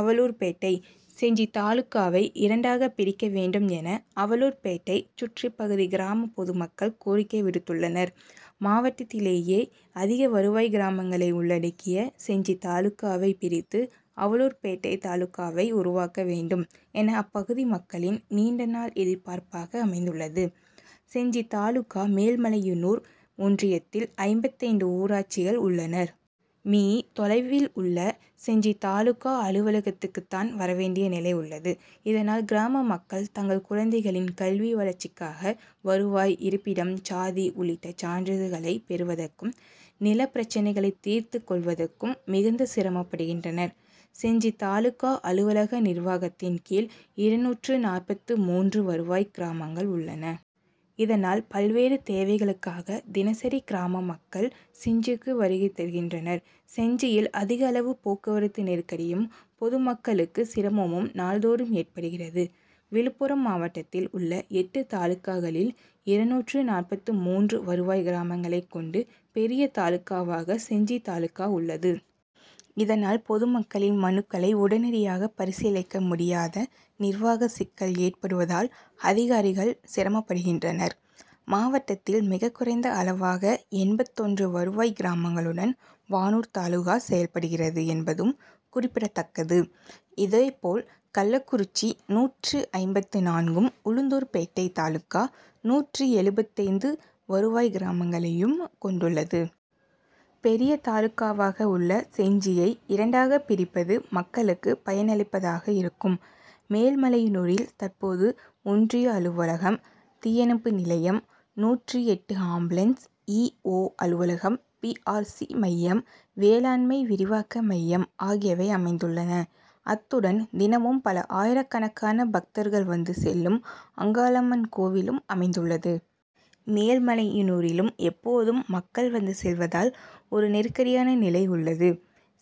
அவலூர்பேட்டை:செஞ்சி தாலுகாவை இரண்டாக பிரிக்க வேண்டும் என அவலூர்பேட்டை சுற்றுப் பகுதி கிராம பொதுமக்கள் கோரிக்கை விடுத்துள்ளனர். மாவட்டத்திலேயே அதிக வருவாய் கிராமங்களை உள்ளடக்கிய செஞ்சி தாலுகாவை பிரித்து அவலூர்பேட்டை தாலுகாவை உருவாக்க வேண்டும் என அப்பகுதி மக்களின் நீண்டநாள் எதிர்ப்பார்ப் பாக அமைந்துள்ளது. செஞ்சி தாலுகா மேல்மலையனூர் ஒன்றியத்தில் ஐம்பத்தைந்து ஊராட்சிகள் உள்ளனர். மீ., தொலைவில் உள்ள செஞ்சி தாலுகா அலுவலகத்திற்குத்தான் வர வேண்டிய நிலை உள்ளது. இதனால் கிராம மக்கள் தங்கள் குழந்தைகளின் கல்வி வளர்ச் சிக்காக வருவாய், இருப்பிடம், சாதி உள்ளிட்ட சான்றிதழ்களை பெறுவதற்கும், நில பிரச்னைகளை தீர்த்துக் கொள்வதற்கும் மிகுந்த சிரமப்படுகின்றனர். செஞ்சி தாலுகா அலுவலக நிர்வாகத்தின் கீழ் இருநூற்று நாற்பத்து மூன்று வருவாய் கிராமங்கள் உள்ளன. இதனால் பல்வேறு தேவைகளுக்காக தினசரி கிராம மக்கள் செஞ்சிக்கு வருகை தருகின்றனர். செஞ்சியில் அதிகளவு போக்குவரத்து நெருக் கடியும், பொதுமக்களுக்கு சிரமமும் நாள்தோறும் ஏற்படுகிறது. விழுப்புரம் மாவட்டத்தில் உள்ள எட்டு தாலுகாக்களில் இருநூற்று நாற்பத்து மூன்று வருவாய் கிராமங்களை கொண்டு பெரிய தாலுகாவாக செஞ்சி தாலுகா உள்ளது. இதனால் பொதுமக்களின் மனுக்களை உடனடியாக பரிசீலிக்க முடியாத நிர்வாக சிக்கல் ஏற்படுவதால் அதிகாரிகள் சிரமப்படுகின்றனர். மாவட்டத்தில் மிகக்குறைந்த அளவாக எண்பத்தொன்று வருவாய் கிராமங்களுடன் வானூர் தாலுகா செயல்படுகிறது என்பதும் குறிப்பிடத்தக்கது. இதே போல் கள்ளக்குறிச்சி நூற்று ஐம்பத்து நான்கும், உளுந்தூர்பேட்டை தாலுகா நூற்று எழுபத்தைந்து வருவாய் கிராமங்களையும் கொண்டுள்ளது. பெரிய தாலுகாவாக உள்ள செஞ்சியை இரண்டாக பிரிப்பது மக்களுக்கு பயனளிப்பதாக இருக்கும். மேல்மலையனூரில் தற்போது ஒன்றிய அலுவலகம், தீயணைப்பு நிலையம், நூற்று எட்டு ஆம்புலன்ஸ் இ. ஓ., அலுவலகம், பி. ஆர். சி., மையம், வேளாண்மை விரிவாக்க மையம் ஆகியவை அமைந் துள்ளன. அத்துடன் தினமும் பல ஆயிரக்கணக்கான பக்தர்கள் வந்து செல்லும் அங்காளம்மன் கோவிலும் அமைந்துள்ளது. மேல்மலையனூரிலும் எப்போதும் மக்கள் வந்து செல்வதால் ஒரு நெருக்கடியான நிலை உள்ளது.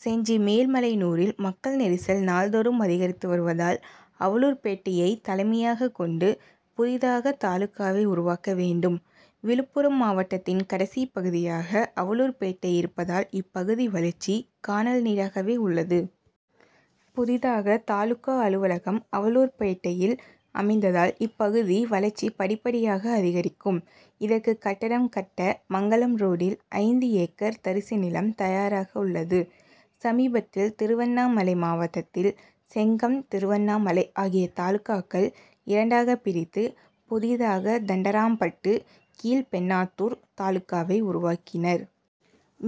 செஞ்சி, மேல்மலையனூரில் மக்கள் நெரிசல் நாள்தோறும் அதிகரித்து வருவதால் அவலூர் பேட்டையை தலைமையாக கொண்டு புதிதாக தாலுகாவை உருவாக்க வேண்டும். விழுப்புரம் மாவட்டத்தின் கடைசிப்பகுதியாக அவலூர்பேட்டை இருப்பதால் இப்பகுதி வளர்ச்சி கானல் நீராகவே உள்ளது. புதிதாக தாலுகா அலுவலகம் அவலூர்பேட்டையில் அமைந்தால் இப்பகுதி வளர்ச்சி படிப்படியாக அதிகரிக்கும். இதற்கு கட்டடம் கட்ட மங்கலம் ரோடில் ஐந்து ஏக்கர் தரிசு நிலம் தயாராக உள்ளது. சமீபத்தில் திருவண்ணாமலை மாவட்டத்தில் செங்கம், திருவண்ணாமலை ஆகிய தாலுகாக்கள் இரண்டாக பிரித்து புதிதாக தண்டராம்பட்டு, கீழ்பெண் ணாத்தூர் தாலுகாவை உருவாக்கினர்.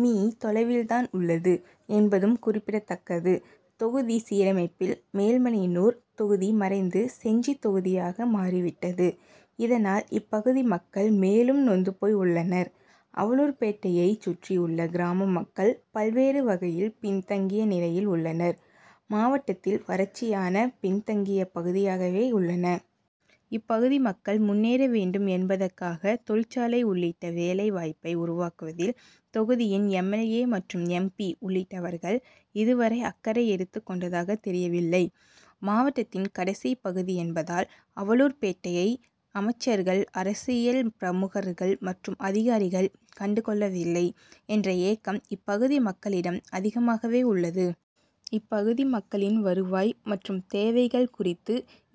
மீ., தொலைவில் தான் உள்ளது என்பதும் குறிப்பிடத்தக்கது. தொகுதி சீரமைப்பில் மேல்மலையனூர் தொகுதி மறைந்து செஞ்சி தொகுதியாக மாறிவிட்டது. இதனால் இப்பகுதி மக்கள் மேலும் நொந்து போய் உள்ளனர். அவலூர்பேட்டையை சுற்றி உள்ள கிராம மக்கள் பல்வேறு வகையில் பின்தங்கிய நிலையில் உள்ளனர். மாவட்டத் தில் வறட்சியான பின்தங்கிய பகுதியாகவே உள்ளன. இப்பகுதி மக்கள் முன்னேற வேண்டும் என் பதற்காக தொழிற்சாலை உள் ளிட்ட வேலை வாய்ப்பை உருவாக்குவதில் தொகுதியின் எம். எல். ஏ., மற்றும் எம். பி., உள்ளிட் டவர்கள் இதுவரை அக்கறை எடுத்துக் கொண்டதாக தெரியவில்லை. மாவட்டத்தின் கடைசி பகுதி என்பதால் அவலூர்பேட் டையை அமைச்சர்கள், அரசியல் பிரமுகர்கள் மற்றும் அதிகாரிகள் கண்டு கொள்ளவில்லை என்ற ஏக்கம் இப்பகுதி மக்களிடம் அதிகமாகவே உள்ளது. இப்பகுதி மக்களின் வருவாய் மற்றும் தேவைகள் குறித்து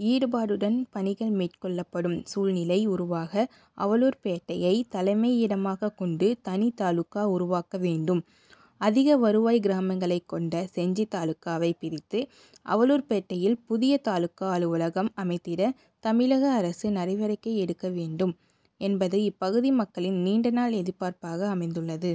ஈடுபாடுடன் பணிகள் மேற்கொள் ளப்படும் சூழ்நிலை உருவாக அவலூர்பேட்டையை தலைமையிடமாக கொண்டு தனி தாலுகா உருவாக்க வேண்டும். அதிக வருவாய் கிராமங்களை கொண்ட செஞ்சி தாலுகாவை பிரித்து அவலூர்பேட்டையில் புதிய தாலுகா அலுவலகம் அமைத்திட தமிழக அரசு நடவடிக்கை எடுக்க வேண்டும் என்பது இப்பகுதி மக்களின் நீண்டநாள் எதிர்பார்ப்பாக அமைந்துள்ளது.